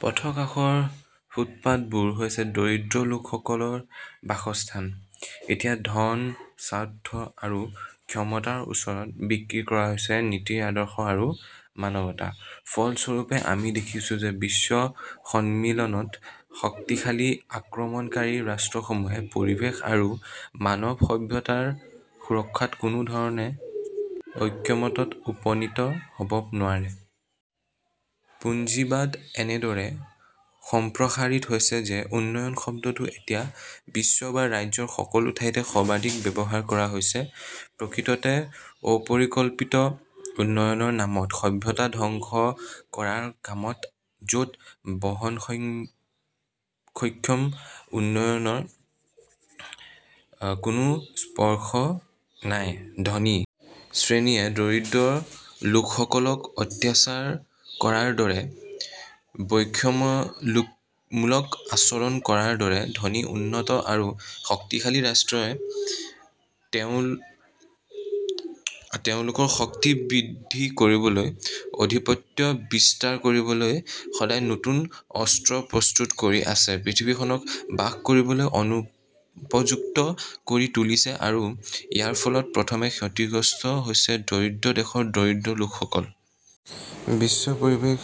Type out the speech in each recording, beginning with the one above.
পথৰ কাষৰ ফুটপাতবোৰ হৈছে দৰিদ্ৰ লোকসকলৰ বাসস্থান। এতিয়া ধন, স্বাৰ্থ আৰু ক্ষমতাৰ ওচৰত বিক্ৰী কৰা হৈছে নীতি-আদৰ্শ আৰু মানৱতা। ফলস্বৰূপে, আমি দেখিছোঁ যে বিশ্ব সন্মিলনত শক্তিশালী আক্ৰমণকাৰী ৰাষ্ট্ৰসমূহে পৰিৱেশ আৰু মানৱ সভ্যতাৰ সুৰক্ষাত কোনো ধৰণে ঐক্যমতত উপনীত হ "ব নোৱাৰে। পুঁজিবাদ এনেদৰে সম্প্ৰসাৰিত হৈছে যে 'উন্নয়ন "শব্দটো এতিয়া বিশ্ব বা ৰাজ্যৰ সকলো ঠাইতে সৰ্বাধিক ব্যৱহাৰ কৰা হৈছে। প্ৰকৃততে অপৰিকল্পিত উন্নয়নৰ নামত সভ্যতা ধ্বংস কৰাৰ কামত য 'ত বহনক্ষম উন্নয়নৰ কোনো স্পৰ্শ নাই। ধনী শ্ৰেণীয়ে দৰিদ্ৰ লোকসকলক অত্যাচাৰ কৰাৰ দৰে; বৈষম্যমূলক আচৰণ কৰাৰ দৰে; ধনী, উন্নত আৰু শক্তিশালী ৰাষ্ট্ৰই তেওঁলোকৰ শক্তি বৃদ্ধি কৰিবলৈ, আধিপত্য বিস্তাৰ কৰিবলৈ সদায় নতুন অস্ত্ৰ প্ৰস্তুত কৰি আছে; পৃথিৱীখনক বাস কৰিবলৈ অনুপযুক্ত কৰি তুলিছে আৰু ইয়াৰ ফলত প্ৰথমে ক্ষতিগ্ৰস্ত হৈছে দৰিদ্ৰ দেশৰ দৰিদ্ৰ লোকসকল। বিশ্ব পৰিৱেশ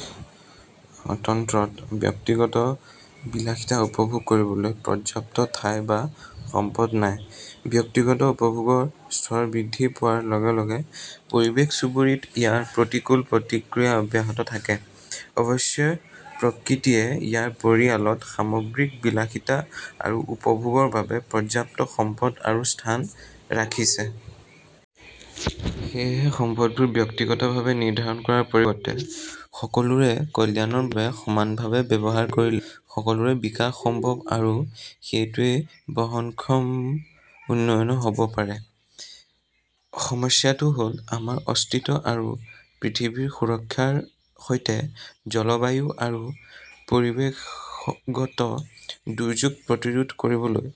তন্ত্ৰত ব্যক্তিগত বিলাসিতা উপভোগ কৰিবলৈ পৰ্যাপ্ত ঠাই বা সম্পদ নাই। ব্যক্তিগত উপভোগৰ স্তৰ বৃদ্ধি পোৱাৰ লগে লগে পৰিৱেশ-চুবুৰীত ইয়াৰ প্ৰতিকূল প্ৰতিক্ৰিয়া অব্যাহত থাকে। অৱশ্যে, প্ৰকৃতিয়ে ইয়াৰ পৰিয়ালত সামগ্ৰিক বিলাসিতা আৰু উপভোগৰ বাবে পৰ্যাপ্ত সম্পদ আৰু স্থান ৰাখিছে। সেয়েহে সম্পদবোৰ ব্যক্তিগতভাৱে নিৰ্ধাৰণ কৰাৰ পৰিৱৰ্তে সকলোৰে কল্যাণৰ বাবে সমানভাৱে ব্যৱহাৰ কৰিলে সকলোৰে বিকাশ সম্ভৱ আৰু সেইটোৱেই বহনক্ষম উন্নয়ন হ 'ব পাৰে। সমস্যাটো হ 'ল, আমাৰ অস্তিত্ব আৰু পৃথিৱীৰ সুৰক্ষাৰ সৈতে জলবায়ু আৰু পৰিৱেশগত দুৰ্যোগ প্ৰতিৰোধ কৰিবলৈ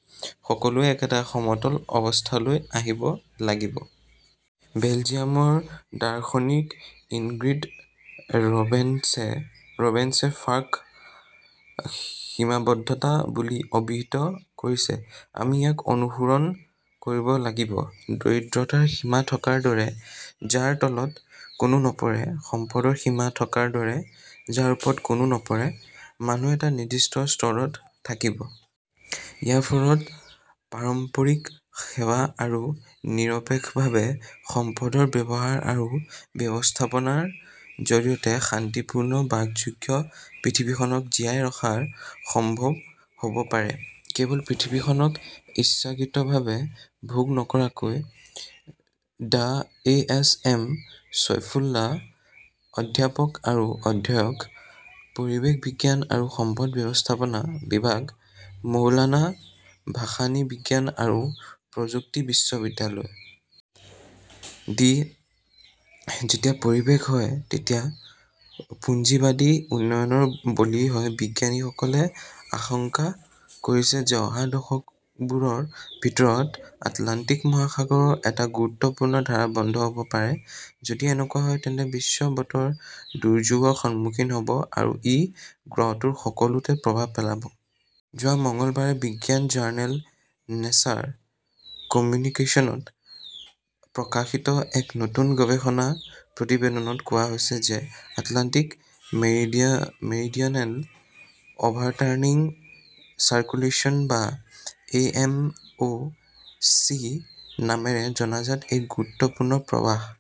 সকলোৱে একেটা সমতল অৱস্থালৈ আহিব লাগিব। বেলজিয়ামৰ দাৰ্শনিক ইনগ্ৰিড ৰবেন্সে যাক 'সীমাবদ্ধতা "বুলি অভিহিত কৰিছে, আমি ইয়াক অনুসৰণ কৰিব লাগিব। দৰিদ্ৰতাৰ সীমা থকাৰ দৰে, যাৰ তলত কোনো নপৰে; সম্পদৰ সীমা থকাৰ দৰে, যাৰ ওপৰত কোনো নপৰে। মানুহে এটা নিৰ্দিষ্ট স্তৰত থাকিব। ইয়াৰ ফলত পাৰস্পৰিক সেৱা আৰু নিৰপেক্ষভাৱে সম্পদৰ ব্যৱহাৰ আৰু ব্যৱস্থাপনাৰ জৰিয়তে শান্তিপূৰ্ণ বাসযোগ্য পৃথিৱীখনক জীয়াই ৰখা সম্ভৱ হ "ব পাৰে, কেৱল পৃথিৱীখনক ইচ্ছাকৃতভাৱে ভোগ নকৰাকৈ। ড এ. এছ. এম. চৈফুল্লাঃ অধ্যাপক আৰু অধ্যক্ষ, পৰিৱেশ বিজ্ঞান আৰু সম্পদ ব্যৱস্থাপনা বিভাগ, মৌলানা ভাসানী বিজ্ঞান আৰু প্ৰযুক্তি বিশ্ববিদ্যালয় <আই. ডি.। যেতিয়া পৰিৱেশ হয় তেতিয়া পুঁজিবাদী উন্নয়নৰ বলি হয় বিজ্ঞানীসকলে আশংকা কৰিছে যে অহা দশকবোৰৰ ভিতৰত আটলাণ্টিক মহাসাগৰৰ এটা গুৰুত্বপূৰ্ণ ধাৰা বন্ধ হ 'ব পাৰে। যদি এনেকুৱা হয়, তেন্তে বিশ্ব বতৰ দুৰ্যোগৰ সন্মুখীন হ 'ব আৰু ই গ্ৰহটোৰ সকলোতে প্ৰভাৱ পেলাব। যোৱা মঙলবাৰে বিজ্ঞান জাৰ্নেল নেচাৰ কমিউনিকেশ্বনত প্ৰকাশিত এক নতুন গৱেষণা প্ৰতিবেদনত কোৱা হৈছে যে আটলাণ্টিক মেৰিডিয়নেল অভাৰটাৰ্ণিং চাৰ্কুলেশন বা এ. এম. অ ". চি. নামেৰে জনাজাত এই গুৰুত্বপূৰ্ণ প্ৰৱাহ